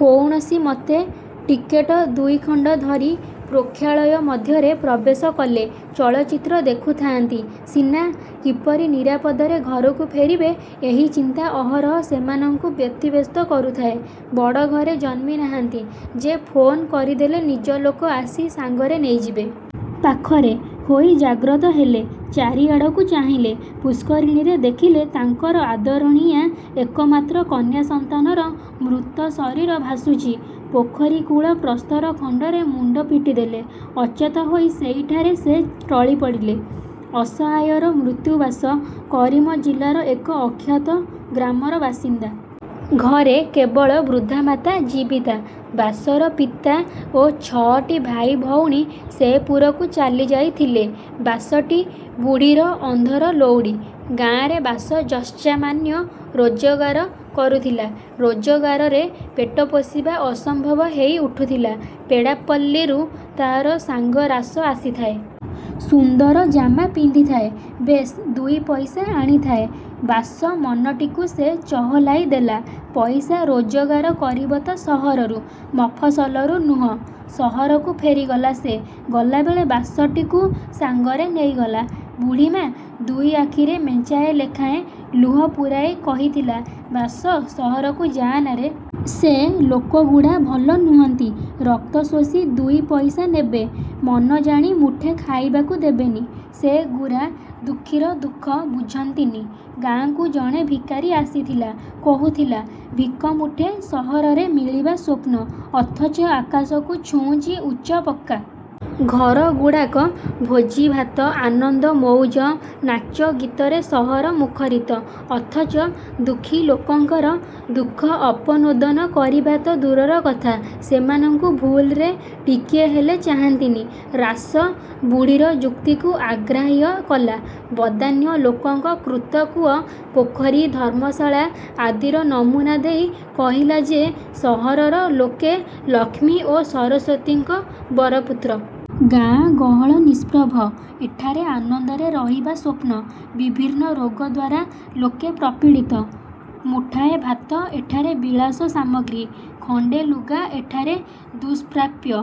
କୌଣସି ମତେ ଟିକେଟ ଦୁଇଖଣ୍ଡ ଧରି ପ୍ରୋକ୍ଷାଳୟ ମଧ୍ୟରେ ପ୍ରବେଶ କଲେ। ଚଳଚ୍ଚିତ୍ର ଦେଖୁଥାଆନ୍ତି ସିନା, କିପରି ନିରାପଦରେ ଘରକୁ ଫେରିବେ ଏହି ଚିନ୍ତା ଅହରହ ସେମାନଙ୍କୁ ବ୍ୟତିବ୍ୟସ୍ତ କରୁଥାଏ-। ବଡ଼ ଘରେ ଜନ୍ମି ନାହାନ୍ତି ଯେ, ଫୋନ୍ କରିଦେଲେ ନିଜ ଲୋକ ଆସି ସାଙ୍ଗରେ ନେଇଯିବେ-। ପାଖରେ। ହୋଇ ଜାଗ୍ରତ ହେଲେ-। ଚାରିଆଡ଼କୁ ଚାହିଁଲେ। ପୁଷ୍କରିଣୀରେ ଦେଖିଲେ ତାଙ୍କର ଆଦରଣୀୟା ଏକମାତ୍ର କନ୍ୟା ସନ୍ତାନର ମୃତ ଶରୀର ଭାସୁଚି। ପୋଖରୀ କୁଳ ପ୍ରସ୍ତର ଖଣ୍ଡରେ ମୁଣ୍ଡ ପିଟିଦେଲେ। ଅଚେତ ହୋଇ ସେଇଠାରେ ସେ ଟଳିପଡ଼ିଲେ। ଅସହାୟର ମୃତ୍ୟୁ ବାସ। କରିମ ଜିଲାର ଏକ ଅଖ୍ୟାତ ଗ୍ରାମର ବାସିନ୍ଦା। ଘରେ କେବଳ ବୃଦ୍ଧା ମାତା ଜୀବିତା। ବାସର ପିତା ଓ ଛଅଟି ଭାଇ ଭଉଣୀ ସେପୁରକୁ ଚାଲି ଯାଇଥିଲେ। ବାସଟି ବୁଢ଼ୀର ଅନ୍ଧର ଲଉଡ଼ି। ଗାଁରେ ବାସ ଯତ୍ସାମାନ୍ୟ ରୋଜଗାର କରୁଥିଲା। ରୋଜଗାରରେ ପେଟ ପୋଷିବା ଅସମ୍ଭବ ହେଇ ଉଠୁଥିଲା। ପେଡ଼ାପଲ୍ଲୀରୁ ତାର ସାଙ୍ଗ ରାସ ଆସିଥାଏ। ସୁନ୍ଦର ଜାମା ପିନ୍ଧିଥାଏ। ବେଶ୍ ଦୁଇ ପଇସା ଆଣିଥାଏ। ବାସ ମନଟିକୁ ସେ ଚହଲାଇ ଦେଲା। ପଇସା ରୋଜଗାର କରିବ ତ ସହରରୁ, ମଫସଲରୁ ନୁହ। ସହରକୁ ଫେରିଗଲା ସେ। ଗଲାବେଳେ ବାସଟିକୁ ସାଙ୍ଗରେ ନେଇଗଲା। ବୁଢ଼ୀମା ଦୁଇ ଆଖିରେ ମେଞ୍ଚାଏ ଲେଖାଏଁ ଲୁହ ପୂରାଇ କହିଥିଲା-ବାସ, ସହରକୁ ଯା ନାରେ। ସେ ଲୋକ ଗୁଡ଼ା ଭଲ ନୁହନ୍ତି। ରକ୍ତଶୋଷି ଦୁଇ ପଇସା ନେବେ। ମନ ଜାଣି ମୁଠେ ଖାଇବାକୁ ଦେବେନି। ସେ ଗୁରା ଦୁଃଖିର ଦୁଃଖ ବୁଝନ୍ତି ନି! ଗାଁକୁ ଜଣେ ଭିକାରୀ ଆସିଥିଲା। କହୁଥିଲା, ଭିକ ମୁଠେ ସହରରେ ମିଳିବା ସ୍ୱପ୍ନ, ଅଥଚ ଆକାଶକୁ ଛୁଉଁଚି ଉଚ୍ଚ ପକ୍କା। ଘରଗୁଡ଼ାକ। ଭୋଜି ଭାତ, ଆନନ୍ଦ ମଉଜ, ନାଚ ଗୀତରେ ସହର ମୁଖରିତ; ଅଥଚ ଦୁଃଖୀ ଲୋକଙ୍କର ଦୁଃଖ ଅପନୋଦନ କରିବା ତ ଦୂରର କଥା, ସେମାନଙ୍କୁ ଭୁଲରେ ଟିକିଏ ହେଲେ ଚାହାନ୍ତିନି। ରାସ, ବୁଢ଼ୀର ଯୁକ୍ତିକୁ ଅଗ୍ରାହ୍ୟ କଲା। ବଦାନ୍ୟ ଲୋକଙ୍କ କୃତ କୂଅ, ପୋଖରୀ, ଧର୍ମଶାଳା ଆଦିର ନମୁନା ଦେଇ, କହିଲା ଯେ ସହରର ଲୋକେ ଲକ୍ଷ୍ମୀ ଓ ସରସ୍ୱତୀଙ୍କ ବରପୁତ୍ର। ଗାଁ ଗହଳ ନିଷ୍ପ୍ରଭ, ଏଠାରେ ଆନନ୍ଦରେ ରହିବା ସ୍ୱପ୍ନ। ବିଭିନ୍ନ ରୋଗ ଦ୍ୱାରା ଲୋକେ ପ୍ରପୀଡ଼ିତ। ମୁଠାଏ ଭାତ ଏଠାରେ ବିଳାସ ସାମଗ୍ରୀ, ଖଣ୍ତେ ଲୁଗା ଏଠାରେ ଦୁଷ୍ପ୍ରାପ୍ୟ।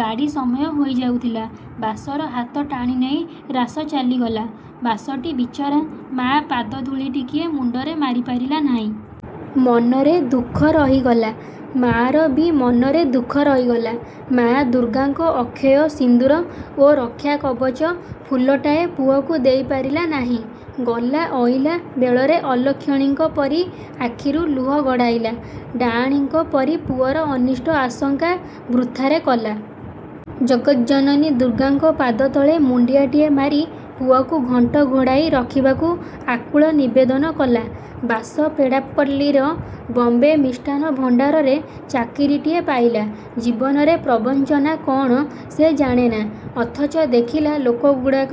ଗାଡ଼ି ସମୟ ହୋଇ ଯାଉଥିଲା। ବାସର ହାତ ଟାଣିନେଇ ରାସ ଚାଲିଗଲା। ବାସଟି ବିଚରା ମା ପାଦର ଧୂଳି ଟିକିଏ ମୁଣ୍ତରେ ମାରି ପାରିଲା ନାହିଁ। ମନରେ ଦୁଃଖ ରହିଗଲା। ମା'ର ବି ମନରେ ଦୁଃଖ ରହିଗଲା। ମା ଦୁର୍ଗାଙ୍କ ଅକ୍ଷୟ ସିନ୍ଦୂର ଓ ରକ୍ଷା କବଚ ଫୁଲଟାଏ ପୁଅକୁ ଦେଇ ପାରିଲା ନାହିଁ। ଗଲା ଅଇଲା ବେଳରେ ଅଲକ୍ଷଣୀଙ୍କ ପରି ଆଖିରୁ ଲୁହ ଗଡ଼ାଇଲା। ଡାଆଣୀଙ୍କ ପରି ପୁଅର ଅନିଷ୍ଟ ଆଶଙ୍କା ବୃଥାରେ କଲା। ଜଗତ୍ଜନନୀ ଦୁର୍ଗାଙ୍କ ପାଦତଳେ ମୁଣ୍ତିଆଟିଏ ମାରି ପୁଅକୁ ଘଣ୍ଟ ଘୋଡ଼ାଇ ରଖିବାକୁ ଆକୁଳ ନିବେଦନ କଲା। ବାସ ପେଡ଼ାପଲ୍ଲୀର 'ବମ୍ବେ ମିଷ୍ଟାନ ଭଣ୍ତାର'ରେ ଚାକିରୀଟିଏ ପାଇଲା। ଜୀବନରେ ପ୍ରବଞ୍ଚନା କ'ଣ ସେ ଜାଣେନା। ଅଥଚ ଦେଖିଲା ଲୋକଗୁଡ଼ାକ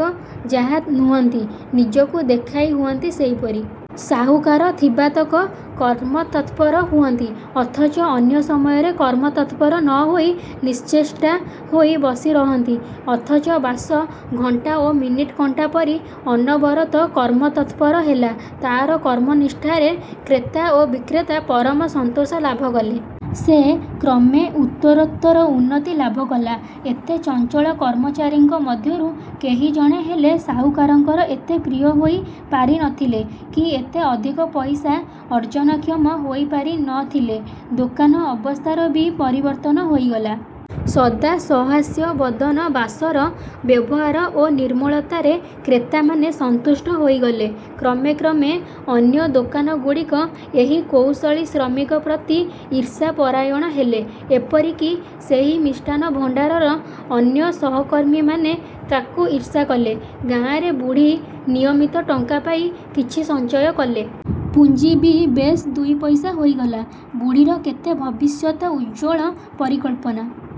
ଯାହା ନୁହନ୍ତି, ନିଜକୁ ଦେଖାଇ ହୁଅନ୍ତି ସେହିପରି। ସାହୁକାର ଥିବାତକ କର୍ମତତ୍ପର ହୁଅନ୍ତି; ଅଥଚ ଅନ୍ୟ ସମୟରେ କର୍ମତତ୍ପର ନ ହୋଇ ନିଶ୍ଚେଷ୍ଟା ହୋଇ ବସି ରହନ୍ତି। ଅଥଚ ବାସ, ଘଣ୍ଟା ଓ ମିନିଟ୍ କଣ୍ଟା ପରି ଅନବରତ କର୍ମତତ୍ପର ହେଲା। ତାର କର୍ମନିଷ୍ଠାରେ କ୍ରେତା ଓ ବିକ୍ରେତା ପରମ ସନ୍ତୋଷ ଲାଭ କଲେ। ସେ କ୍ରମେ ଉତ୍ତରୋତ୍ତର ଉନ୍ନତି ଲାଭ କଲା। ଏତେ ଚଞ୍ଚଳ କର୍ମଚାରୀଙ୍କ ମଧ୍ୟରୁ କେହି ଜଣେ ହେଲେ ସାହୁକାରଙ୍କର ଏତେ ପ୍ରିୟ ହୋଇ ପାରି ନ ଥିଲେ କି ଏତେ ଅଧିକ ପଇସା ଅର୍ଜନକ୍ଷମ ହୋଇ ପାରି ନ ଥିଲେ। ଦୋକାନ ଅବସ୍ଥାର ବି ପରିବର୍ତ୍ତନ ହୋଇଗଲା। ସଦା ସହାସ୍ୟବଦନ ବାସର ବ୍ୟବହାର ଓ ନିର୍ମଳତାରେ କ୍ରେତାମାନେ ସନ୍ତୁଷ୍ଟ ହୋଇଗଲେ। କ୍ରମେ କ୍ରମେ ଅନ୍ୟ ଦୋକାନଗୁଡ଼ିକ ଏହି କୌଶଳୀ ଶ୍ରମିକ ପ୍ରତି ଈର୍ଷାପରାୟଣ ହେଲେ। ଏପରି କି ସେହି ମିଷ୍ଟାନ ଭଣ୍ତାରର ଅନ୍ୟ ସହକର୍ମୀମାନେ ତାକୁ ଈର୍ଷା କଲେ। ଗାଁରେ ବୁଢ଼ୀ ନିୟମିତ ଟଙ୍କା ପାଇ କିଛି ସଞ୍ଚୟ କଲେ। ପୁଞ୍ଜି ବି ବେଶ୍ ଦୁଇ ପଇସା ହୋଇଗଲା। ବୁଢ଼ୀର କେତେ ଭବିଷ୍ୟତ ଉଜ୍ଜ୍ୱଳ ପରିକଳ୍ପନା।